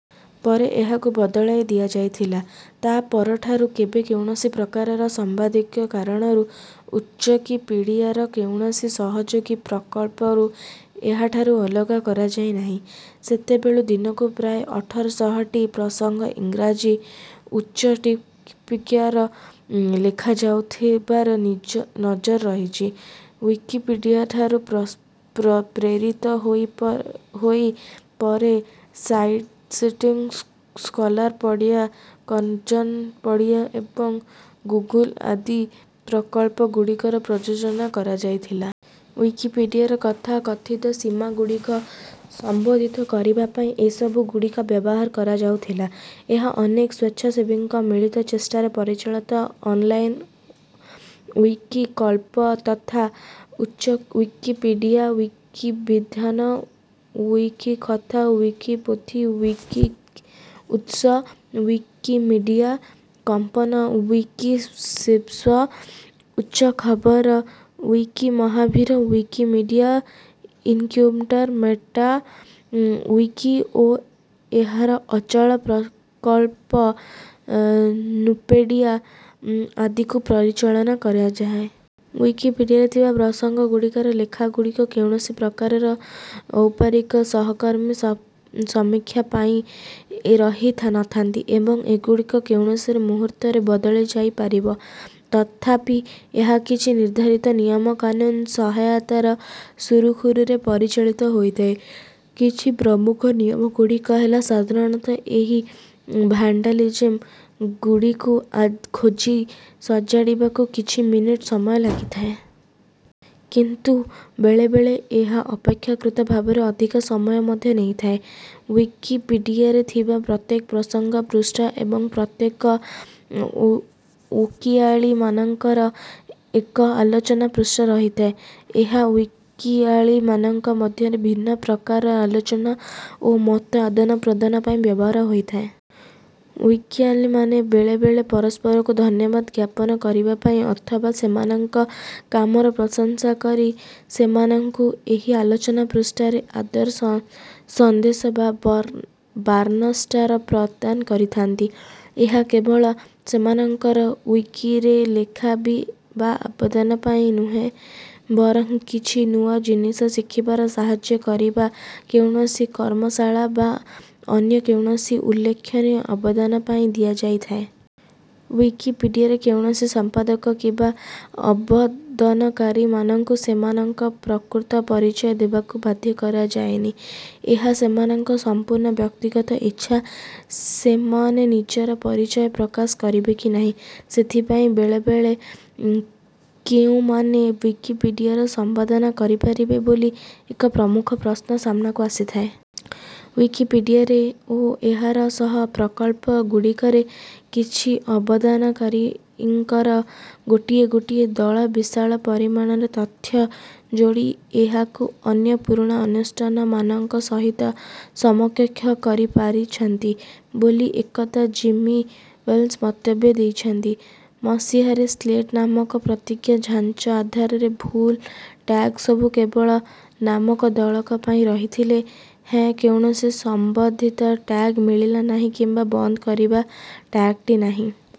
ପରେ ଏହାକୁ ବଦଳାଇ ଦିଆଯାଇଥିଲା। ତା ପରଠାରୁ କେବେ କୌଣସି ପ୍ରକାରର ସମ୍ପାଦକୀୟ କାରଣରୁ ଉଇକିପିଡ଼ିଆର କୌଣସି ସହଯୋଗୀ ପ୍ରକଳ୍ପକୁ ଏହାଠାରୁ ଅଲଗା କରାଯାଇନାହିଁ। ସେତେବେଳେ ଦିନକୁ ପ୍ରାୟ ଅଠର ଶହ ଟି ପ୍ରସଙ୍ଗ ଇଂରାଜୀ ଉଇକିପିଡ଼ିଆରେ ଲେଖାଯାଉଥିବାର ନଜିର ରହିଛି। ଉଇକିପିଡ଼ିଆଠାରୁ ପ୍ରେରିତ ହୋଇ ପରେ ସାଇଟିଜେଣ୍ଡ଼ିୟମ ସ୍କଲାରପିଡ଼ିଆ କନଜର୍ଭପିଡ଼ିଆ ଏବଂ ଗୁଗୁଲ ଆଦି ପ୍ରକଳ୍ପ ଗୁଡ଼ିକର ପରିଯୋଜନା କରାଯାଇଥିଲା।. ଉଇକିପିଡ଼ିଆର କଥା କଥିତ ସୀମା ଗୁଡ଼ିକୁ ସମ୍ବୋଧିତ କରିବା ପାଇଁ ଏସବୁ ଗୁଡ଼ିକ ବ୍ୟବହାର କାରାଯାଉଥିଲା। ଏହା ଅନେକ ସ୍ୱେଚ୍ଛାସେବୀଙ୍କ ମିଳିତ ଚେଷ୍ଟାରେ ପରିଚାଳିତ ଅନଲାଇନ ଉଇକି ପ୍ରକଳ୍ପ ଯଥା ଉଇକିପିଡ଼ିଆ ଉଇକିଅଭିଧାନ ଉଇକିକଥା ଉଇକିପୋଥି ଉଇକିଉତ୍ସ ଉଇକିମିଡ଼ିଆ କମନ୍ସ ଉଇକିସ୍ପିସିସ ଉଇକିଖବର ଉଇକିମହାବିହାର ଉଇକିମିଡ଼ିଆ ଇନକୁବେଟର ମେଟା ଉଇକି ଓ ଏହାର ଅଚଳ ପ୍ରକଳ୍ପ ନୁପେଡ଼ିଆ ଆଦିକୁ ପରିଚାଳନ କରିଥାଏ। ଉଇକିପିଡ଼ିଆରେ ଥିବା ପ୍ରସଙ୍ଗ ଗୁଡ଼ିକର ଲେଖା ଗୁଡ଼ିକ କୌଣସି ପ୍ରାକାରର ଔପଚାରିକ ସହକର୍ମୀ ସମୀକ୍ଷା ପାଇଁ ରହି ନଥାନ୍ତି ଏବଂ ଏଗୁଡ଼ିକ ଯେକୌଣସି ମୁହୂର୍ତ୍ତରେ ବଦଳ କରାଯାଇପାରିବ। ତଥାପି ଏହା କଛି ନିର୍ଦ୍ଧାରିତ ନିୟମ କାନୁନ ସହାୟତାରେ ସୁରୁଖୁରୁରେ ପରିଚାଳିତ ହୋଇଥାଏ। କିଛି ପ୍ରମୁଖ ନିୟମ ଗୁଡ଼ିକ ହେଲା ସାଧାରଣତଃ ଏହି ଭାଣ୍ଡାଲିଜିମ ଗୁଡିକୁ ଖୋଜି ସଜାଡିବାକୁ କିଛି ମିନିଟ ସମୟ ଲାଗିଥାଏ। କିନ୍ତୁ ବେଳେବେଳେ ଏହା ଅପେକ୍ଷାକୃତ ଭାବରେ ଅଧିକ ସମୟ ମଧ୍ୟ ନେଇଥାଏ। ଉଇକିପିଡ଼ିଆରେ ଥିବା ପ୍ରତ୍ଯେକ ପ୍ରସଙ୍ଗ ପୃଷ୍ଠା ଓ ପ୍ରତ୍ଯେକ ଉଇକିଆଳି ମାନଙ୍କର ଏକ ଆଲୋଚନା ପୃଷ୍ଠା ରହିଥାଏ। ଏହା ଉଇକିଆଳି ମାନଙ୍କ ମଧ୍ୟରେ ବିଭିନ୍ନ ପ୍ରକାର ଆଲୋଚନା ଓ ମତ ଆଦାନପ୍ରଦାନ ପାଇଁ ବ୍ଯବହାର ହୋଇଥାଏ। ଉଇକିଆଳିମାନେ ବେଳେବେଳେ ପରସ୍ପରକୁ ଧନ୍ୟବାଦ ଜ୍ଞାପନ କରିବା ପାଇଁ ଅଥବା ସେମାନଙ୍କ କାମର ପ୍ରଶଂସା କରି ସେମାନଙ୍କୁ ଏହି ଆଲୋଚନା ପୃଷ୍ଠାରେ ଆଦର ସନ୍ଦେଶ ବା ବାର୍ଣ୍ଣଷ୍ଟାର ପ୍ରଦାନ କରିଥାନ୍ତି। ଏହା କେବଳ ସେମାନଙ୍କର ଉଇକିରେ ଲେଖା ବା ଅବଦାନ ପାଇଁ ନୁହେଁ ବରଂ କିଛି ନୂଆ ଜିନିଷ ଶିଖିବାରେ ସାହାଜ୍ଯ କରିବା କୌଣସି କର୍ମଶାଳା ବା ଅନ୍ୟ କୌଣସି ଉଲ୍ଲେଖନୀୟ ଅବଦାନ ପାଇଁ ଦିଆଯାଇଥାଏ। ଉଇକିପିଡ଼ିଆରେ କୌଣସି ସମ୍ପାଦକ କିମ୍ବା ଅବଦନକାରୀ ମାନଙ୍କୁ ସେମାନଙ୍କ ପ୍ରକୃତ ପରିଚୟ ଦେବାକୁ ବାଧ୍ୟ କରାଯାଏନି। ଏହା ସେମାନଙ୍କର ସଂପୂର୍ଣ୍ଣ ବ୍ୟକ୍ତିଗତ ଇଚ୍ଛା ଯେ ସେମନେ ନିଜର ପରିଚୟ ପ୍ରକାଶ କରିବେ କି ନାହିଁ। ସେଥିପାଇଁ ବେଳେବେଳେ କେଉଁ ମାନେ ଉଇକିପିଡ଼ିଆରେ ସମ୍ପାଦନା କରିପାରିବେ? ବୋଲି ଏକ ପ୍ରମୁଖ ପ୍ରଶ୍ନ ସାମନାକୁ ଆସିଥାଏ। ଉଇକିପିଡ଼ିଆରେ ଓ ଏହାର ସହ ପ୍ରକଳ୍ପ ଗୁଡିକରେ କିଛି ଅବଦାନକାରୀଙ୍କର ଗୋଟିଏ ଗୋଟିଏ ଦଳ ବିଶାଳ ପରିମାଣରେ ତଥ୍ୟ ଯୋଡି ଏହାକୁ ଅନ୍ୟ ପୁରୁଣା ଅନୁଷ୍ଠାନ ମାନଙ୍କ ସହିତ ସମକକ୍ଷ କରିପାରିଛନ୍ତି ବୋଲି ଏକଦା ଜିମି ୱେଲ୍ସ ମନ୍ତବ୍ୟ ଦେଇଥିଲେ। ମସିହାରେ ସ୍ଳେଟ ନାମକ ପତ୍ରିକା ଛାଞ୍ଚ ଆଧାର ଭୁଲ ଟ୍ୟାଗସବୁ କେବଳ ନାମକ ଦଳ ପାଇଁ ରହିଥିଲେ ହେଁ କୌଣସି ସମ୍ବନ୍ଧିତ ଟ୍ୟାଗ ମିଳିଲା ନାହିଁ କିମ୍ବା ବନ୍ଦ କରିବା ଟ୍ୟାଗଟି ନାହିଁ।